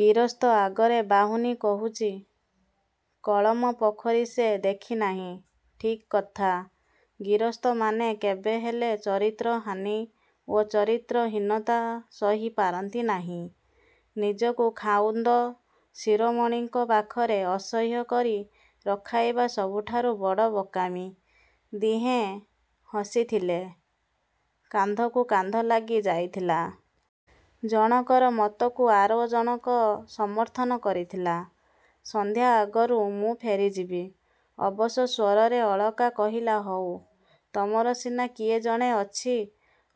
ଗିରସ୍ତ ଆଗରେ ବାହୁନି କହୁଛି। କଳମ ପୋଖରୀ ସେ ଦେଖି ନାହିଁ। -ଠିକ୍ କଥା। ଗିରସ୍ତମାନେ କେବେହେଲେ ଚରିତ୍ର-ହାନି ଓ ଚରିତ୍ର-ହୀନତା ସହି ପାରନ୍ତି ନାହିଁ। ନିଜକୁ ଖାଉନ୍ଦ ଶିରୋମଣିଙ୍କ ପାଖରେ ଅସହ୍ୟ କରି ରଖାଇବା ସବୁଠାରୁ ବଡ଼ ବୋକାମି। ଦିହେଁ ହସିଥିଲେ। କାନ୍ଧକୁ କାନ୍ଧ ଲାଗି ଯାଇଥିଲା। ଜଣକର ମତକୁ ଆର ଜଣକ ସମର୍ଥନ କରିଥିଲା। ସନ୍ଧ୍ୟା ଆଗରୁ ମୁଁ ଫେରିଯିବି। ଅବଶ ସ୍ୱରରେ ଅଳକା କହିଲା-ହଉ। ତମର ସିନା କିଏ ଜଣେ ଅଛି।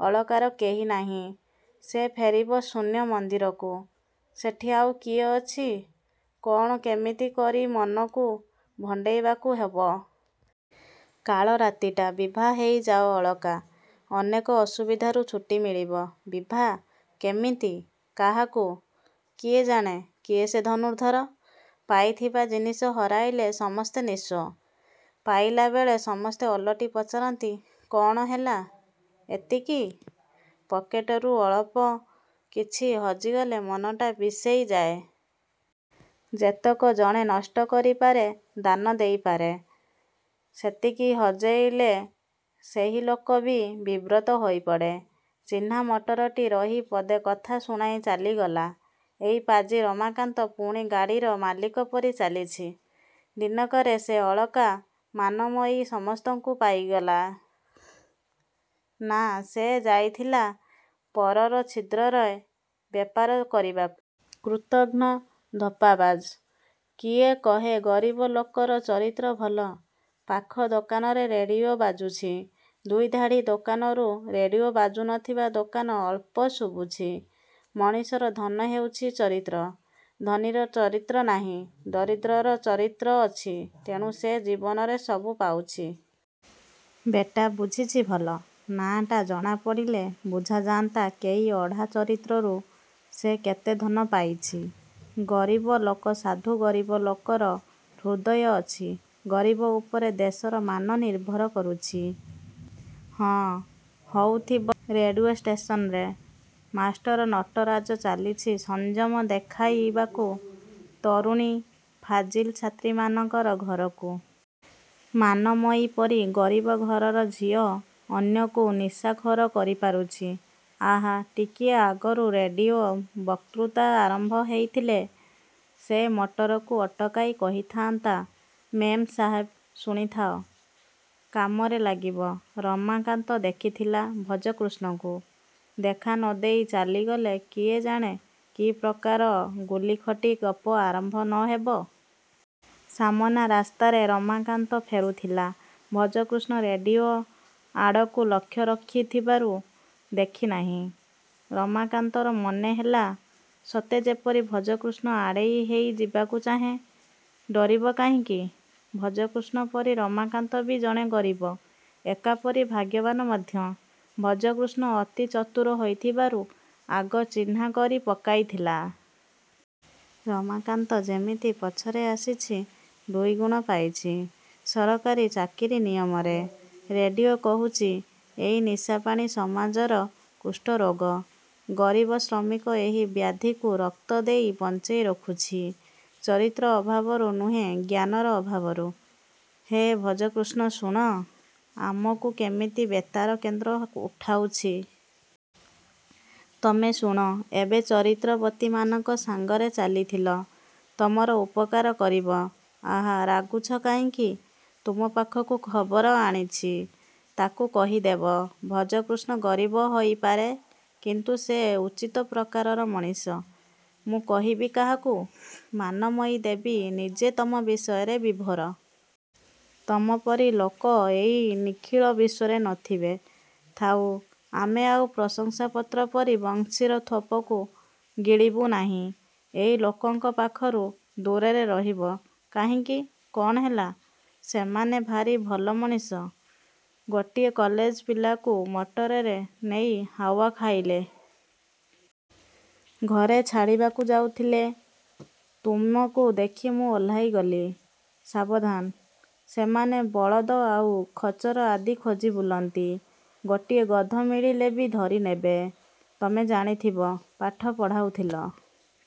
ଅଳକାର କେହି ନାହିଁ। ସେ ଫେରିବ ଶୂନ୍ୟ ମନ୍ଦିରକୁ-ସେଠି ଆଉ କିଏ ଅଛି? କ'ଣ କେମିତି କରି ମନକୁ ଭଣ୍ଡେଇବାକୁ ହବ। -କାଳ ରାତିଟା- -ବିଭା ହେଇ ଯାଅ-ଅଳକା। ଅନେକ ଅସୁବିଧାରୁ ଛୁଟି ମିଳିବ। -ବିଭା? -କେମିତି? -କାହାକୁ? କିଏ ଜାଣେ? କିଏ ସେ ଧନୁର୍ଦ୍ଧର? ପାଇଥିବା ଜିନିଷ ହରାଇଲେ ସମସ୍ତେ ନିସ୍ୱ। ପାଇଲା ବେଳେ ସମସ୍ତେ ଓଲଟି ପଚାରନ୍ତି-କ'ଣ ହେଲା ଏତିକି? ପକେଟରୁ ଅଳ୍ପ କିଛି ହଜିଗଲେ ମନଟା ବିଷେଇ ଯାଏ। ଯେତକ ଜଣେ ନଷ୍ଟ କରିପାରେ, ଦାନ ଦେଇପାରେ-ସେତିକି ହଜେଇଲେ ସେହି ଲୋକ ବି ବିବ୍ରତ ହୋଇପଡ଼େ। ଚିହ୍ନା ମଟରଟି ରହି ପଦେ କଥା ଶୁଣାଇ ଚାଲିଗଲା। ଏଇ ପାଜି ରମାକାନ୍ତ ପୁଣି ଗାଡ଼ିର ମାଲିକ ପରି ଚାଲିଛି। ଦିନକରେ ସେ ଅଳକା-ମାନମୟୀ ସମସ୍ତଙ୍କୁ ପାଇଗଲା? -ନା, ସେ ଯାଇଥିଲା ପରର ଛିଦ୍ରରେ ବେପାର କରିବାକୁ। କୃତଘ୍ନ-ଧପ୍ପାବାଜ। କିଏ କହେ ଗରିବ ଲୋକର ଚରିତ୍ର ଭଲ। ପାଖ ଦୋକାନରେ ରେଡ଼ିଓ ବାଜୁଛି। ଦୁଇଧାଡ଼ି ଦୋକାନରୁ ରେଡ଼ିଓ ବାଜୁ ନ ଥିବା ଦୋକାନ ଅଳ୍ପ-ଶୁଭୁଛି, ମଣିଷର ଧନ ହେଉଛି ଚରିତ୍ର। ଧନୀର ଚରିତ୍ର ନାହିଁ। ଦରିଦ୍ରର ଚରିତ୍ର ଅଛି। ତେଣୁ ସେ ଜୀବନରେ ସବୁ ପାଉଛି। -ବେଟା, ବୁଝିଛି ଭଲ। ନାଁଟା ଜଣାପଡ଼ିଲେ ବୁଝାଯାନ୍ତା କେଇ ଅଢ଼ା ଚରିତ୍ରରୁ ସେ କେତେ ଧନ ପାଇଛି। ଗରିବ ଲୋକ ସାଧୁ ଗରିବ ଲୋକର ହୃଦୟ ଅଛି ଗରିବ ଉପରେ ଦେଶର ମାନ ନିର୍ଭର କରୁଛି। -ହଁ, ହଉଥିବ ରେଡ଼ିଓ ଷ୍ଟେସନରେ। ମାଷ୍ଟର ନଟରାଜ ଚାଲିଛି ସଂଯମ ଦେଖାଇବାକୁ ତରୁଣୀ ଫାଜିଲ ଛାତ୍ରୀମାନଙ୍କର ଘରକୁ। ମାନମୟୀ ପରି ଗରିବ ଘରର ଝିଅ ଅନ୍ୟକୁ ନିଶାଖୋର କରି ପାରୁଛି। ଆହା, ଟିକିଏ ଆଗରୁ ରେଡ଼ିଓ ବତ୍କୃତା ଆରମ୍ଭ ହେଇଥିଲେ ସେ ମଟରକୁ ଅଟକାଇ କହିଥାନ୍ତା-ମେମ୍ ସାହେବ ଶୁଣିଥାଅ-କାମରେ ଲାଗିବ। ରମାକାନ୍ତ ଦେଖିଥିଲା ଭଜକୃଷ୍ଣକୁ। ଦେଖା ନ ଦେଇ ଚାଲିଗଲେ କିଏ ଜାଣେ କି ପ୍ରକାର ଗୁଲିଖଟି ଗପ ଆରମ୍ଭ ନ ହେବ। ସାମନା ରାସ୍ତାରେ ରମାକାନ୍ତ ଫେରୁଥିଲା। ଭଜକୃଷ୍ଣ ରେଡ଼ିଓ ଆଡ଼କୁ ଲକ୍ଷ୍ୟ ରଖିଥିବାରୁ ଦେଖିନାହିଁ। ରମାକାନ୍ତର ମନେ ହେଲା ସତେ ଯେପରି ଭଜକୃଷ୍ଣ ଆଡ଼େଇ ହେଇଯିବାକୁ ଚାହେଁ। -ଡରିବ କାହିଁକି? ଭଜକୃଷ୍ଣ ପରି ରମାକାନ୍ତ ବି ଜଣେ ଗରିବ। ଏକାପରି ଭାଗ୍ୟବାନ ମଧ୍ୟ। ଭଜକୃଷ୍ଣ ଅତି ଚତୁର ହୋଇଥିବାରୁ ଆଗ ଚିହ୍ନା କରି ପକାଇଥିଲା। ରମାକାନ୍ତ ଯେମିତି ପଛରେ ଆସିଛି ଦୁଇଗୁଣ ପାଇଛି-ସରକାରୀ ଚାକିରି ନିୟମରେ। ରେଡ଼ିଓ କହୁଛି-ଏଇ ନିଶାପାଣି ସମାଜର କୁଷ୍ଠରୋଗ। ଗରିବ ଶ୍ରମିକ ଏହି ବ୍ୟାଧିକୁ ରକ୍ତ ଦେଇ ବଞ୍ଚେଇ ରଖୁଛି-ଚରିତ୍ର ଅଭାବରୁ ନୁହେଁ ଜ୍ଞାନର ଅଭାବରୁ। -ହେ, ଭଜକୃଷ୍ଣ, ଶୁଣ। ଆମକୁ କେମିତି ବେତାର କେନ୍ଦ୍ର ଉଠାଉଛି। -ତମେ ଶୁଣ। ଏବେ ଚରିତ୍ରବତୀମାନଙ୍କ ସାଙ୍ଗରେ ଚାଲିଥିଲ, ତମର ଉପକାର କରିବ-। -ଆଃ, ରାଗୁଛ କାହିଁକି? ତୁମ ପାଖକୁ ଖବର ଆଣିଛି। -ତାକୁ କହିଦେବ; ଭଜକୃଷ୍ଣ ଗରିବ ହୋଇପାରେ କିନ୍ତୁ ସେ ଉଚିତ ପ୍ରକାରର ମଣିଷ। -ମୁଁ କହିବି କାହାକୁ? ମାନମୟୀଦେବୀ ନିଜେ ତମ ବିଷୟରେ ବିଭୋର। ତମ ପରି ଲୋକ ଏଇ ନିଖିଳ ବିଶ୍ୱରେ ନ ଥିବେ। -ଥାଉ। ଆମେ ଆଉ ପ୍ରଶଂସାପତ୍ର ପରି ବନ୍ଶୀର ଥୋପକୁ ଗିଳିବୁ ନାହିଁ। ଏଇ ଲୋକଙ୍କ ପାଖରୁ ଦୂରରେ ରହିବ। -କାହିଁକି? କ'ଣ ହେଲା? ସେମାନେ ଭାରି ଭଲ ମଣିଷ। ଗୋଟିଏ କଲେଜ ପିଲାକୁ ମଟରରେ ନେଇ ହାୱା ଖାଇଲେ। ଘରେ ଛାଡ଼ିବାକୁ ଯାଉଥିଲେ। ତୁମକୁ ଦେଖି ମୁଁ ଓହ୍ଲାଇଗଲି। -ସାବଧାନ। ସେମାନେ ବଳଦ ଆଉ ଖଚର ଆଦି ଖୋଜି ବୁଲନ୍ତି।। ଗୋଟିଏ ଗଧ ମିଳିଲେ ବି ଧରିନେବେ। -ତମେ ଜାଣିଥିବ। ପାଠ ପଢ଼ାଉଥିଲ।